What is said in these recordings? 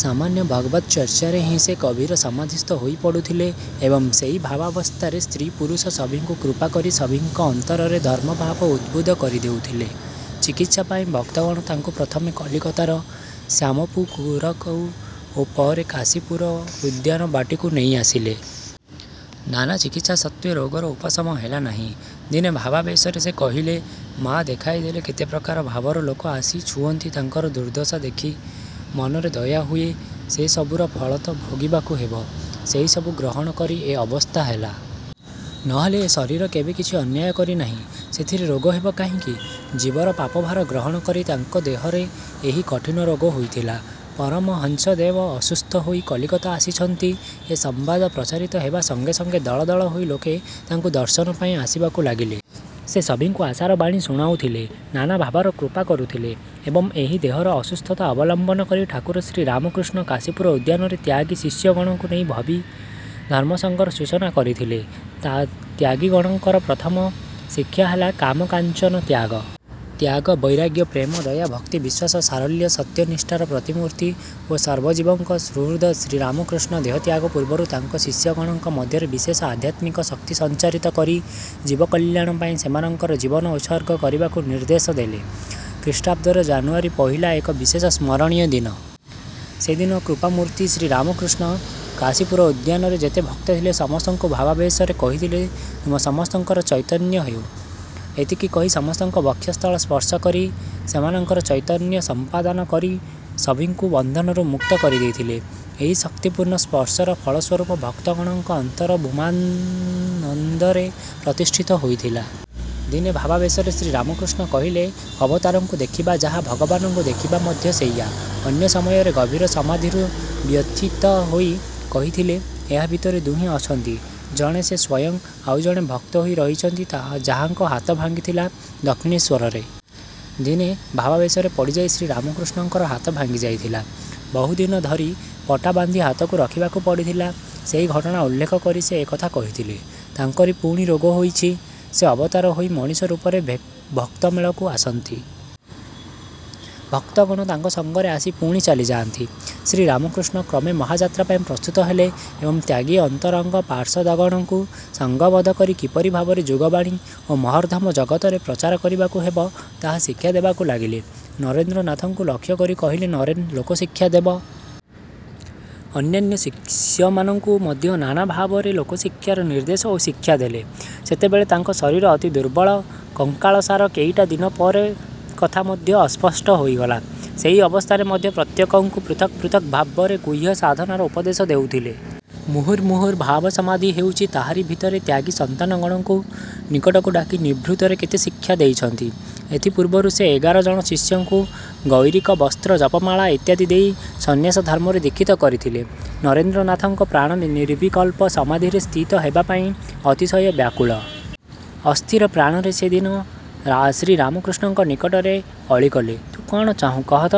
ସାମାନ୍ୟ ଭଗବତ୍ଚର୍ଚ୍ଚାରେ ହିଁ ସେ ଗଭୀର ସମାଧିସ୍ଥ ହୋଇ ପଡ଼ୁଥିଲେ ଏବଂ ସେହି ଭାବାବସ୍ଥାରେ ସ୍ତ୍ରୀ ପୁରୁଷ ସଭିଙ୍କୁ କୃପା କରି ସଭିଙ୍କ ଅନ୍ତରରେ ଧର୍ମଭାବ ଉଦ୍ବୁଦ୍ଧ କରି ଦେଉଥିଲେ। ଚିକିତ୍ସା ପାଇଁ ଭକ୍ତଗଣ ତାଙ୍କୁ ପ୍ରଥମେ କଲିକତାର ଶ୍ୟାମପୁକୁରକୁ ଓ ପରେ କାଶୀପୁର ଉଦ୍ୟାନବାଟୀକୁ ନେଇ ଆସିଲେ। ନାନା ଚିକିତ୍ସା ସତ୍ତ୍ୱେ ରୋଗର ଉପଶମ ହେଲା ନାହିଁ। ଦିନେ ଭାବାବେଶରେ ସେ କହିଲେ ମା ଦେଖାଇ ଦେଲେ କେତେ ପ୍ରକାର ଭାବର ଲୋକ ଆସି ଛୁଅଁନ୍ତି ତାଙ୍କର ଦୁର୍ଦ୍ଦଶା ଦେଖି ମନରେ ଦୟା ହୁଏ ସେସବୁର ଫଳ ତ ଭୋଗିବାକୁ ହେବ। ସେହିସବୁ ଗ୍ରହଣ କରି ଏ ଅବସ୍ଥା ହେଲା। ନ ହେଲେ ଏ ଶରୀର କେବେ କିଛି ଅନ୍ୟାୟ କରି ନାହିଁ ସେଥିରେ ରୋଗ ହେବ କାହିଁକି। ଜୀବର ପାପଭାର ଗ୍ରହଣ କରି ତାଙ୍କ ଦେହରେ ଏହି କଠିନ ରୋଗ ହୋଇଥିଲା। ପରମହଂସଦେବ ଅସୁସ୍ଥ ହୋଇ କଲିକତା ଆସିଛନ୍ତି ଏ ସମ୍ବାଦ ପ୍ରଚାରିତ ହେବା ସଙ୍ଗେ ସଙ୍ଗେ ଦଳ ଦଳ ହୋଇ ଲୋକେ ତାଙ୍କୁ ଦର୍ଶନ ପାଇଁ ଆସିବାକୁ ଲାଗିଲେ। ସେ ସଭିଙ୍କୁ ଆଶାର ବାଣୀ ଶୁଣାଉଥିଲେ ନାନା ଭାବର କୃପା କରୁଥିଲେ ଏବଂ ଏହି ଦେହର ଅସୁସ୍ଥତା ଅବଲମ୍ବନ କରି ଠାକୁର ଶ୍ରୀରାମକୃଷ୍ଣ କାଶୀପୁର ଉଦ୍ୟାନରେ ତ୍ୟାଗୀ ଶିଷ୍ୟଗଣଙ୍କୁ ନେଇ ଭବୀ ଧର୍ମସଂଘର ସୂଚନା କରିଥିଲେ। ତା ତ୍ୟାଗୀଗଣଙ୍କର ପ୍ରଥମ ଶିକ୍ଷା ହେଲା କାମ କାଞ୍ଚନ ତ୍ୟାଗ। ତ୍ୟାଗ ବୈରାଗ୍ୟ ପ୍ରେମ ଦୟା ଭକ୍ତି ବିଶ୍ୱାସ ସାରଲ୍ୟ ସତ୍ୟନିଷ୍ଠାର ପ୍ରତିମୂର୍ତ୍ତି ଓ ସର୍ବଜୀବଙ୍କ ସୁହୃଦ୍ ଶ୍ରୀରାମକୃଷ୍ଣ ଦେହତ୍ୟାଗ ପୂର୍ବରୁ ତାଙ୍କ ଶିଷ୍ୟଗଣଙ୍କ ମଧ୍ୟରେ ବିଶେଷ ଆଧ୍ୟାତ୍ମିକ ଶକ୍ତି ସଂଚାରିତ କରି ଜୀବ କଲ୍ୟାଣ ପାଇଁ ସେମାନଙ୍କର ଜୀବନ ଉତ୍ସର୍ଗ କରିବାକୁ ନିର୍ଦ୍ଦେଶ ଦେଲେ। ଖ୍ରୀଷ୍ଟାବ୍ଦରେ ଜାନୁଆରୀ ପହିଲା ଏକ ବିଶେଷ ସ୍ମରଣୀୟ ଦିନ। ସେଦିନ କୃପାମୂର୍ତ୍ତି ଶ୍ରୀରାମକୃଷ୍ଣ କାଶୀପୁର ଉଦ୍ୟାନରେ ଯେତେ ଭକ୍ତ ଥିଲେ ସମସ୍ତଙ୍କୁ ଭାବାବେଶରେ କହିଥିଲେ ତୁମ ସମସ୍ତଙ୍କର ଚୈତନ୍ୟ ହେଉ। ଏତିକି କହି ସମସ୍ତଙ୍କ ବକ୍ଷସ୍ଥଳ ସ୍ପର୍ଶ କରି ସେମାନଙ୍କର ଚୈତନ୍ୟ ସମ୍ପାଦନ କରି ସଭିଙ୍କୁ ବନ୍ଧନରୁ ମୁକ୍ତ କରି ଦେଇଥିଲେ। ଏହି ଶକ୍ତିପୂର୍ଣ୍ଣ ସ୍ପର୍ଶର ଫଳସ୍ୱରୂପ ଭକ୍ତଗଣଙ୍କ ଅନ୍ତର ଭୂମାନନ୍ଦରେ ପ୍ରତିଷ୍ଠିତ ହୋଇଥିଲା। ଦିନେ ଭାବାବେଶରେ ଶ୍ରୀରାମକୃଷ୍ଣ କହିଲେ ଅବତାରଙ୍କୁ ଦେଖିବା ଯାହା ଭଗବାନଙ୍କୁ ଦେଖିବା ମଧ୍ୟ ସେଇଆ। ଅନ୍ୟ ସମୟରେ ଗଭୀର ସମାଧିରୁ ବ୍ୟୁତ୍ଥିତ ହୋଇ କହିଥିଲେ ଏହା ଭିତରେ ଦୁହେଁ ଅଛନ୍ତି ଜଣେ ସେ ସ୍ୱୟଂ ଆଉ ଜଣେ ଭକ୍ତ ହୋଇ ରହିଛନ୍ତି ଯାହାଙ୍କ ହାତ ଭାଙ୍ଗିଥିଲା ଦକ୍ଷିଣେଶ୍ୱରରେ। ଦିନେ ଭାବାବେଶରେ ପଡ଼ିଯାଇ ଶ୍ରୀରାମକୃଷ୍ଣଙ୍କର ହାତ ଭାଙ୍ଗିଯାଇଥିଲା। ବହୁ ଦିନ ଧରି ପଟା ବାନ୍ଧି ହାତକୁ ରଖିବାକୁ ପଡ଼ିଥିଲା। ସେହି ଘଟଣା ଉଲ୍ଲେଖ କରି ସେ ଏକଥା କହିଥିଲେ। ତାଙ୍କରି ପୁଣି ରୋଗ ହୋଇଛି। ସେ ଅବତାର ହୋଇ ମଣିଷ ରୂପରେ ଭକ୍ତ ମେଳକୁ ଆସନ୍ତି। ଭକ୍ତଗଣ ତାଙ୍କ ସଙ୍ଗରେ ଆସି ପୁଣି ଚାଲିଯାଆନ୍ତି। ଶ୍ରୀରାମକୃଷ୍ଣ କ୍ରମେ ମହାଯାତ୍ରା ପାଇଁ ପ୍ରସ୍ତୁତ ହେଲେ ଏବଂ ତ୍ୟାଗୀ ଅନ୍ତରଙ୍ଗ ପାର୍ଷଦଗଣଙ୍କୁ ସଂଘବଦ୍ଧ କରି କିପରି ଭାବରେ ଯୁଗବାଣୀ ଓ ମହଦ୍ଧର୍ମ ଜଗତରେ ପ୍ରଚାର କରିବାକୁ ହେବ ତାହା ଶିକ୍ଷା ଦେବାକୁ ଲାଗିଲେ। ନରେନ୍ଦ୍ରନାଥଙ୍କୁ ଲକ୍ଷ୍ୟ କରି କହିଲେ ନରେନ୍ ଲୋକଶିକ୍ଷା ଦେବ। ଅନ୍ୟାନ୍ୟ ଶିଷ୍ୟମାନଙ୍କୁ ମଧ୍ୟ ନାନା ଭାବରେ ଲୋକଶିକ୍ଷାର ନିର୍ଦ୍ଦେଶ ଓ ଶିକ୍ଷା ଦେଲେ। ସେତେବେଳେ ତାଙ୍କ ଶରୀର ଅତି ଦୁର୍ବଳ କଙ୍କାଳସାର କେଇଟା ଦିନ ପରେ କଥା ମଧ୍ୟ ଅସ୍ପଷ୍ଟ ହୋଇଗଲା। ସେହି ଅବସ୍ଥାରେ ମଧ୍ୟ ପ୍ରତ୍ୟେକଙ୍କୁ ପୃଥକ୍ ପୃଥକ୍ ଭାବରେ ଗୁହ୍ୟ ସାଧନାର ଉପଦେଶ ଦେଉଥିଲେ। ମୁହୁର୍ ମୁହୁର୍ ଭାବସମାଧି ହେଉଛି ତାହାରି ଭିତରେ ତ୍ୟାଗୀ ସନ୍ତାନଗଣଙ୍କୁ ନିକଟକୁ ଡାକି ନିଭୃତରେ କେତେ ଶିକ୍ଷା ଦେଇଛନ୍ତି। ଏଥିପୂର୍ବରୁ ସେ ଏଗାର ଜଣ ଶିଷ୍ୟଙ୍କୁ ଗୈରିକବସ୍ତ୍ର ଜପମାଳା ଇତ୍ୟାଦି ଦେଇ ସନ୍ନ୍ୟାସଧର୍ମରେ ଦୀକ୍ଷିତ କରିଥିଲେ। ନରେନ୍ଦ୍ରନାଥଙ୍କ ପ୍ରାଣ ନିର୍ବିକଳ୍ପ ସମାଧିରେ ସ୍ଥିତ ହେବା ପାଇଁ ଅତିଶୟ ବ୍ୟାକୁଳ। ଅସ୍ଥିର ପ୍ରାଣରେ ସେ ଦିନେ ଶ୍ରୀରାମକୃଷ୍ଣଙ୍କ ନିକଟରେ ଅଳି କଲେ। ତୁ କଅଣ ଚାହୁଁ କହ ତ।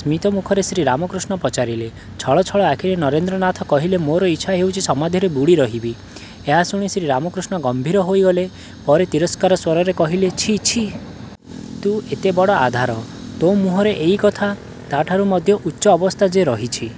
ସ୍ମିତମୁଖରେ ଶ୍ରୀରାମକୃଷ୍ଣ ପଚାରିଲେ। ଛଳ ଛଳ ଆଖିରେ ନରେନ୍ଦ୍ରନାଥ କହିଲେ ମୋର ଇଚ୍ଛା ହେଉଛି ସମାଧିରେ ବୁଡ଼ି ରହିବି। ଏହା ଶୁଣି ଶ୍ରୀରାମକୃଷ୍ଣ ଗମ୍ଭୀର ହୋଇଗଲେ। ପରେ ତିରସ୍କାର ସ୍ୱରରେ କହିଲେ ଛି ଛି। ତୁ ଏତେ ବଡ଼ ଆଧାର। ତୋ ମୁହଁରେ ଏଇ କଥା। ତାଠାରୁ ମଧ୍ୟ ଉଚ୍ଚ ଅବସ୍ଥା ଯେ ରହିଛି।